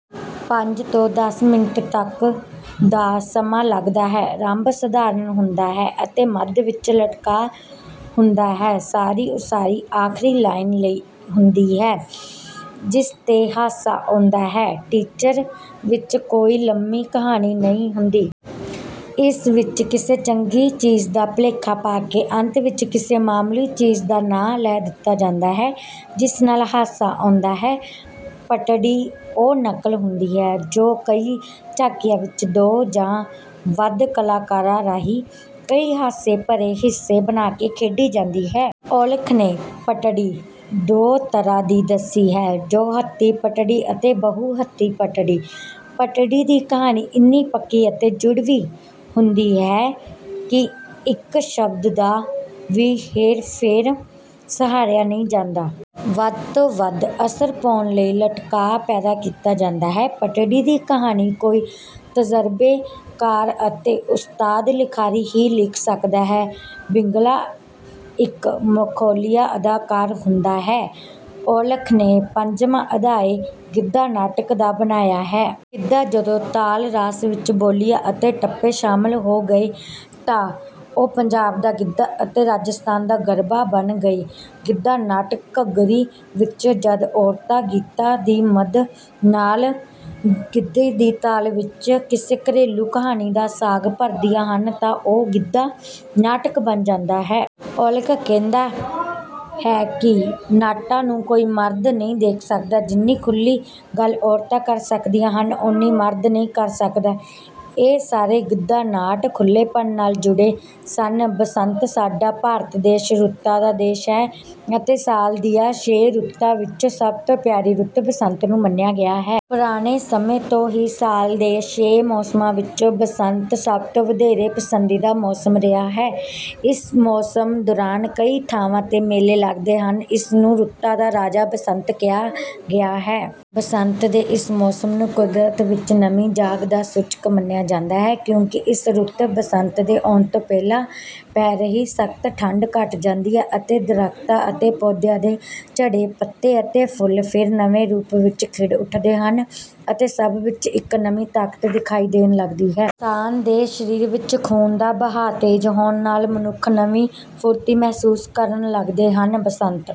ਪੰਜ ਤੋਂ ਦੱਸ ਮਿੰਟ ਤੱਕ ਦਾ ਸਮਾਂ ਲੱਗਦਾ ਹੈ। ਆਰੰਭ ਸਾਧਾਰਨ ਹੁੰਦਾ ਹੈ ਅਤੇ ਮੱਧ ਵਿੱਚ ਲਟਕਾਅ ਹੁੰਦਾ ਹੈ। ਸਾਰੀ ਉਸਾਰੀ ਆਖਰੀ ਲਾਈਨ ਲਈ ਹੁੰਦੀ ਹੈ ਜਿਸ ਤੇ ਹਾਸਾ ਆਉਂਦਾ ਹੈ। ਟਿਚਰ ਵਿੱਚ ਕੋਈ ਲੰਮੀ ਕਹਾਣੀ ਨਹੀਂ ਹੁੰਦੀ। ਇਸ ਵਿੱਚ ਕਿਸੇ ਚੰਗੀ ਚੀਜ਼ ਦਾ ਭੁਲੇਖਾ ਪਾ ਕੇ ਅੰਤ ਵਿੱਚ ਕਿਸੇ ਮਾਮੂਲੀ ਚੀਜ਼ ਦਾ ਨਾਂ ਲੈ ਦਿੱਤਾ ਜਾਂਦਾ ਹੈ, ਜਿਸ ਨਾਲ ਹਾਸਾ ਆਉਂਦਾ ਹੈ। ਪਟੜੀ ਉਹ ਨਕਲ ਹੁੰਦੀ ਹੈ ਜੋ ਕਈ ਝਾਕੀਆਂ ਵਿੱਚ ਦੋ ਜਾਂ ਵੱਧ ਕਲਾਕਾਰਾਂ ਰਾਹੀਂ ਕਈ ਹਾਸੇ ਭਰੇ ਹਿੱਸੇ ਬਣਾ ਕੇ ਖੇਡੀ ਜਾਂਦੀ ਹੈ। ਔਲਖ ਨੇ ਪਟੜੀ ਦੋ ਤਰ੍ਹਾਂ ਦੀ ਦੱਸੀ ਹੈ। ਦੋ ਹੱਥੀ ਪਟੜੀ ਅਤੇ ਬਹੁ ਹੱਥੀ ਪਟੜੀ। ਪਟੜੀ ਦੀ ਕਹਾਣੀ ਇੰਨੀ ਪੱਕੀ ਅਤੇ ਜੁੜਵੀਂ ਹੁੰਦੀ ਹੈ ਕਿ ਇੱਕ ਸ਼ਬਦ ਦਾ ਵੀ ਹੇਰ-ਫੇਰ ਸਹਾਰਿਆ ਨਹੀਂ ਜਾਂਦਾ। ਵੱਧ ਤੋਂ ਵੱਧ ਅਸਰ ਪਾਉਣ ਲਈ ਲਟਕਾਅ ਪੈਦਾ ਕੀਤਾ ਜਾਂਦਾ ਹੈ। ਪਟੜੀ ਦੀ ਕਹਾਣੀ ਕੋਈ ਤਜਰਬੇਕਾਰ ਅਤੇ ਉਸਤਾਦ ਲਿਖਾਰੀ ਹੀ ਲਿਖ ਸਕਦਾ ਹੈ। ਬਿਗਲਾ ਇੱਕ ਮਖੌਲੀਆ ਅਦਾਕਾਰ ਹੁੰਦਾ ਹੈ। ਔਲਖ ਨੇ ਪੰਜਵਾਂ ਅਧਿਆਇ ਗਿੱਧਾ ਨਾਟਕ ਦਾ ਬਣਾਇਆ ਹੈ। ਗਿੱਧਾ ਜਦੋਂ ਤਾਲ ਰਾਸ ਵਿੱਚ ਬੋਲੀਆਂ ਅਤੇ ਟੱਪੇ ਸ਼ਾਮਲ ਹੋ ਗਏ ਤਾਂ ਉਹ ਪੰਜਾਬ ਦਾ ਗਿੱਧਾ ਅਤੇ ਰਾਜਸਥਾਨ ਦਾ ਗਰਭਾ ਬਣ ਗਏ। ਗਿੱਧਾ ਨਾਟਕ ਘੱਗਰੀ ਵਿੱਚ ਜਦ ਔਰਤਾਂ ਗੀਤਾਂ ਦੀ ਮਦ ਨਾਲ ਗਿੱਧੇ ਦੀ ਤਾਲ ਵਿੱਚ ਕਿਸੇ ਘਰੇਲੂ ਕਹਾਣੀ ਦਾ ਸਾਂਗ ਭਰਦੀਆਂ ਹਨ ਤਾਂ ਉਹ ਗਿੱਧਾ ਨਾਟਕ ਬਣ ਜਾਂਦਾ ਹੈ। ਔਲਖ ਕਹਿੰਦਾ ਹੈ ਕਿ ਨਾਟਾਂ ਨੂੰ ਕੋਈ ਮਰਦ ਨਹੀਂ ਦੇਖ ਸਕਦਾ। ਜਿੰਨੀ ਖੁੱਲ੍ਹੀ ਗੱਲ ਔਰਤਾਂ ਕਰ ਸਕਦੀਆਂ ਹਨ, ਓਨੀ ਮਰਦ ਨਹੀਂ ਕਰ ਸਕਦਾ। ਇਹ ਸਾਰੇ ਗਿੱਧਾ ਨਾਟ ਖੁੱਲ੍ਹੇਪਨ ਨਾਲ ਜੁੜੇ ਸਨ। ਬਸੰਤ ਸਾਡਾ ਭਾਰਤ ਦੇਸ਼ ਰੁੱਤਾਂ ਦਾ ਦੇਸ਼ ਹੈ ਅਤੇ ਸਾਲ ਦੀਆਂ ਛੇ ਰੁੱਤਾਂ ਵਿੱਚੋਂ ਸਭ ਤੋਂ ਪਿਆਰੀ ਰੁੱਤ ਬਸੰਤ ਨੂੰ ਮੰਨਿਆ ਗਿਆ ਹੈ। ਪੁਰਾਣੇ ਸਮੇਂ ਤੋਂ ਹੀ ਸਾਲ ਦੇ ਛੇ ਮੌਸਮਾਂ ਵਿੱਚੋਂ ਬਸੰਤ ਸਭ ਤੋਂ ਵਧੇਰੇ ਪਸੰਦੀਦਾ ਮੌਸਮ ਰਿਹਾ ਹੈ। ਇਸ ਮੌਸਮ ਦੌਰਾਨ ਕਈ ਥਾਵਾਂ ਤੇ ਮੇਲੇ ਲੱਗਦੇ ਹਨ। ਇਸ ਨੂੰ ਰੁੱਤਾਂ ਦਾ ਰਾਜਾ ਬਸੰਤ ਕਿਹਾ ਗਿਆ ਹੈ। ਬਸੰਤ ਦੇ ਇਸ ਮੌਸਮ ਨੂੰ ਕੁਦਰਤ ਵਿੱਚ ਨਵੀਂ ਜਾਗ ਦਾ ਸੂਚਕ ਮੰਨਿਆ ਜਾਂਦਾ ਹੈ ਕਿਉਂਕਿ ਇਸ ਰੁੱਤ ਬਸੰਤ ਦੇ ਆਉਣ ਤੋਂ ਪਹਿਲਾਂ ਪੈ ਰਹੀ ਸਖ਼ਤ ਠੰਢ ਘੱਟ ਜਾਂਦੀ ਹੈ ਅਤੇ ਦਰੱਖਤਾਂ ਅਤੇ ਪੌਦਿਆਂ ਦੇ ਝੜੇ ਪੱਤੇ ਅਤੇ ਫੁੱਲ ਫਿਰ ਨਵੇਂ ਰੂਪ ਵਿੱਚ ਖਿੜ ਉੱਠਦੇ ਹਨ ਅਤੇ ਸਭ ਵਿੱਚ ਇੱਕ ਨਵੀਂ ਤਾਕਤ ਦਿਖਾਈ ਦੇਣ ਲੱਗਦੀ ਹੈ। ਇਨਸਾਨ ਦੇ ਸਰੀਰ ਵਿੱਚ ਖੂਨ ਦਾ ਵਹਾਅ ਤੇਜ਼ ਹੋਣ ਨਾਲ ਮਨੁੱਖ ਨਵੀਂ ਫੁਰਤੀ ਮਹਿਸੂਸ ਕਰਨ ਲੱਗਦੇ ਹਨ। ਬਸੰਤ